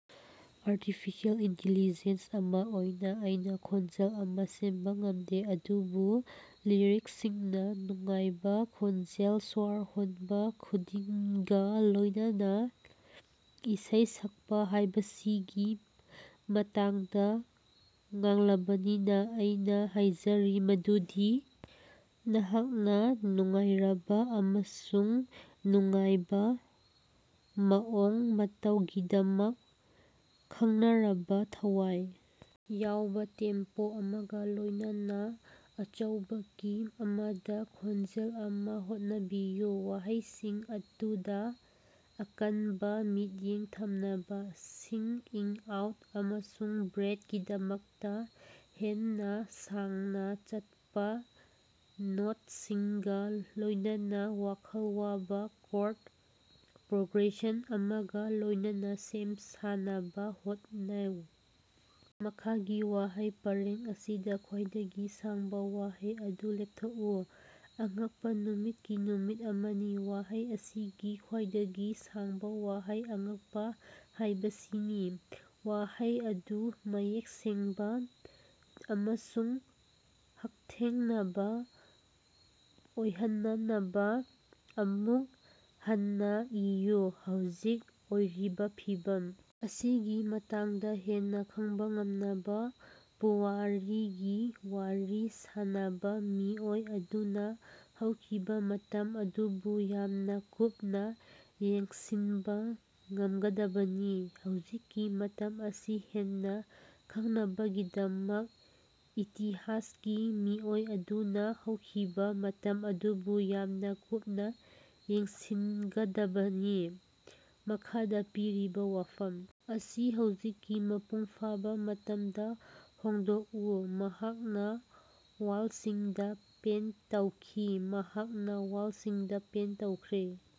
Artificial intelligence ꯑꯃꯥ ꯑꯣꯏꯅꯥ ꯑꯩꯅꯥ ꯈꯣꯟꯖꯦꯜ ꯑꯃꯥ ꯁꯦꯝꯕꯥ ꯉꯝꯗꯦ, ꯑꯗꯨꯕꯨ ꯂꯤꯔꯤꯛꯁꯁꯤꯡꯅꯥ ꯅꯨꯡꯉꯥꯏꯕꯥ ꯈꯣꯟꯖꯦꯜ, ꯁ꯭ꯋꯥꯔ ꯍꯣꯟꯕꯥ ꯈꯨꯗꯤꯡꯒꯥ ꯂꯣꯏꯅꯅꯥ ꯏꯁꯩ ꯁꯛꯄꯥ ꯍꯥꯏꯕꯁꯤꯒꯤ ꯃꯇꯥꯡꯗꯥ ꯉꯥꯡꯂꯕꯅꯤꯅꯥ, ꯑꯩꯅꯥ ꯍꯥꯏꯖꯔꯤ ꯃꯗꯨꯗꯤ ꯅꯍꯥꯛꯅꯥ ꯅꯨꯡꯉꯥꯏꯔꯕꯥ ꯑꯃꯁꯨꯡ ꯅꯨꯡꯉꯥꯏꯕꯥ ꯃꯑꯣꯡ ꯃꯇꯧꯒꯤꯗꯃꯛ ꯈꯪꯅꯔꯕꯥ, ꯊꯋꯥꯏ ꯌꯥꯎꯕꯥ ꯇꯦꯝꯄꯣ ꯑꯃꯒꯥ ꯂꯣꯏꯅꯅꯥ ꯑꯆꯧꯕꯥ ꯀꯤ ꯑꯃꯗꯥ ꯈꯣꯟꯖꯦꯜ ꯑꯃꯥ ꯍꯣꯠꯅꯕꯤꯌꯨ꯫ ꯋꯥꯍꯩꯁꯤꯡ ꯑꯗꯨꯗꯥ ꯑꯀꯟꯕꯥ ꯃꯤꯠꯌꯦꯡ ꯊꯝꯅꯕꯥ, ꯁꯤꯡ-ꯏꯪ-ꯑꯥꯎꯠ ꯑꯃꯁꯨꯡ ꯕ꯭ꯔꯦꯠ ꯀꯤꯗꯃꯛꯇꯥ ꯍꯦꯟꯅꯥ ꯁꯥꯡꯅꯥ ꯆꯠꯄꯥ ꯅꯣꯠꯁꯤꯡꯒꯥ ꯂꯣꯏꯅꯅꯥ ꯋꯥꯈꯜ ꯋꯥꯕꯥ ꯀꯣꯔꯗ ꯄ꯭ꯔꯣꯒ꯭ꯔꯦꯁꯟ ꯑꯃꯒꯥ ꯂꯣꯏꯅꯅꯥ ꯁꯦꯝ ꯁꯥꯅꯕꯥ ꯍꯣꯠꯅꯧ꯫ ꯃꯈꯥꯒꯤ ꯋꯥꯍꯩ ꯄꯔꯦꯡ ꯑꯁꯤꯗꯥ ꯈ꯭ꯋꯥꯏꯗꯒꯤ ꯁꯥꯡꯕꯥ ꯋꯥꯍꯩ ꯑꯗꯨ ꯂꯦꯞꯊꯣꯛꯎ꯫ ꯑꯉꯛꯄꯥ ꯅꯨꯃꯤꯠꯀꯤ ꯅꯨꯃꯤꯠ ꯑꯃꯅꯤ꯫ ꯋꯥꯍꯩ ꯑꯁꯤꯒꯤ ꯈ꯭ꯋꯥꯏꯗꯒꯤ ꯁꯥꯡꯕꯥ ꯋꯥꯍꯩ "ꯑꯉꯛꯄꯥ" ꯍꯥꯏꯕꯁꯤꯅꯤ꯫ ꯋꯥꯍꯩ ꯑꯗꯨ ꯃꯌꯦꯛ ꯁꯦꯡꯕꯥ ꯑꯃꯁꯨꯡ ꯍꯛꯊꯦꯡꯅꯕꯥ ꯑꯣꯏꯍꯟꯅꯕꯥ ꯑꯃꯨꯛ ꯍꯟꯅꯥ ꯏꯌꯨ꯫ ꯍꯧꯖꯤꯛ ꯑꯣꯏꯔꯤꯕꯥ ꯐꯤꯚꯝ ꯑꯁꯤꯒꯤ ꯃꯇꯥꯡꯗꯥ ꯍꯦꯟꯅꯥ ꯈꯪꯕꯥ ꯉꯝꯅꯕꯥ ꯄꯨꯋꯥꯔꯤꯒꯤ ꯋꯥꯔꯤ ꯁꯥꯅꯕꯥ ꯃꯤꯑꯣꯏ ꯑꯗꯨꯅꯥ ꯍꯧꯈꯤꯕꯥ ꯃꯇꯝ ꯑꯗꯨꯕꯨ ꯌꯥꯝꯅꯥ ꯀꯨꯞꯅꯥ ꯌꯦꯡꯁꯤꯟꯕꯥ ꯉꯝꯒꯗꯕꯅꯤ꯫ ꯍꯧꯖꯤꯛꯀꯤ ꯃꯇꯝ ꯑꯁꯤ ꯍꯦꯟꯅꯥ ꯈꯪꯅꯕꯒꯤꯗꯃꯛ ꯏꯇꯤꯍꯥꯁꯀꯤ ꯃꯤꯑꯣꯏ ꯑꯗꯨꯅꯥ ꯍꯧꯈꯤꯕꯥ ꯃꯇꯝ ꯑꯗꯨꯕꯨ ꯌꯥꯝꯅꯥ ꯀꯨꯞꯅꯥ ꯌꯦꯡꯁꯤꯟꯒꯗꯕꯅꯤ꯫ꯃꯈꯥꯗꯥ ꯄꯤꯔꯤꯕꯥ ꯋꯥꯐꯝ ꯑꯁꯤ ꯍꯧꯖꯤꯛꯀꯤ ꯃꯄꯨꯡ ꯐꯥꯕꯥ ꯃꯇꯝꯗꯥ ꯍꯣꯡꯗꯣꯛꯎ꯫ ꯃꯍꯥꯛꯅꯥ ꯋꯥꯜꯁꯤꯡꯗꯥ ꯄꯦꯟꯇ ꯇꯧꯈꯤ꯫ ꯃꯍꯥꯛꯅꯥ ꯋꯥꯜꯁꯤꯡꯗꯥ ꯄꯦꯟꯇ ꯇꯧꯈ꯭ꯔꯦ꯫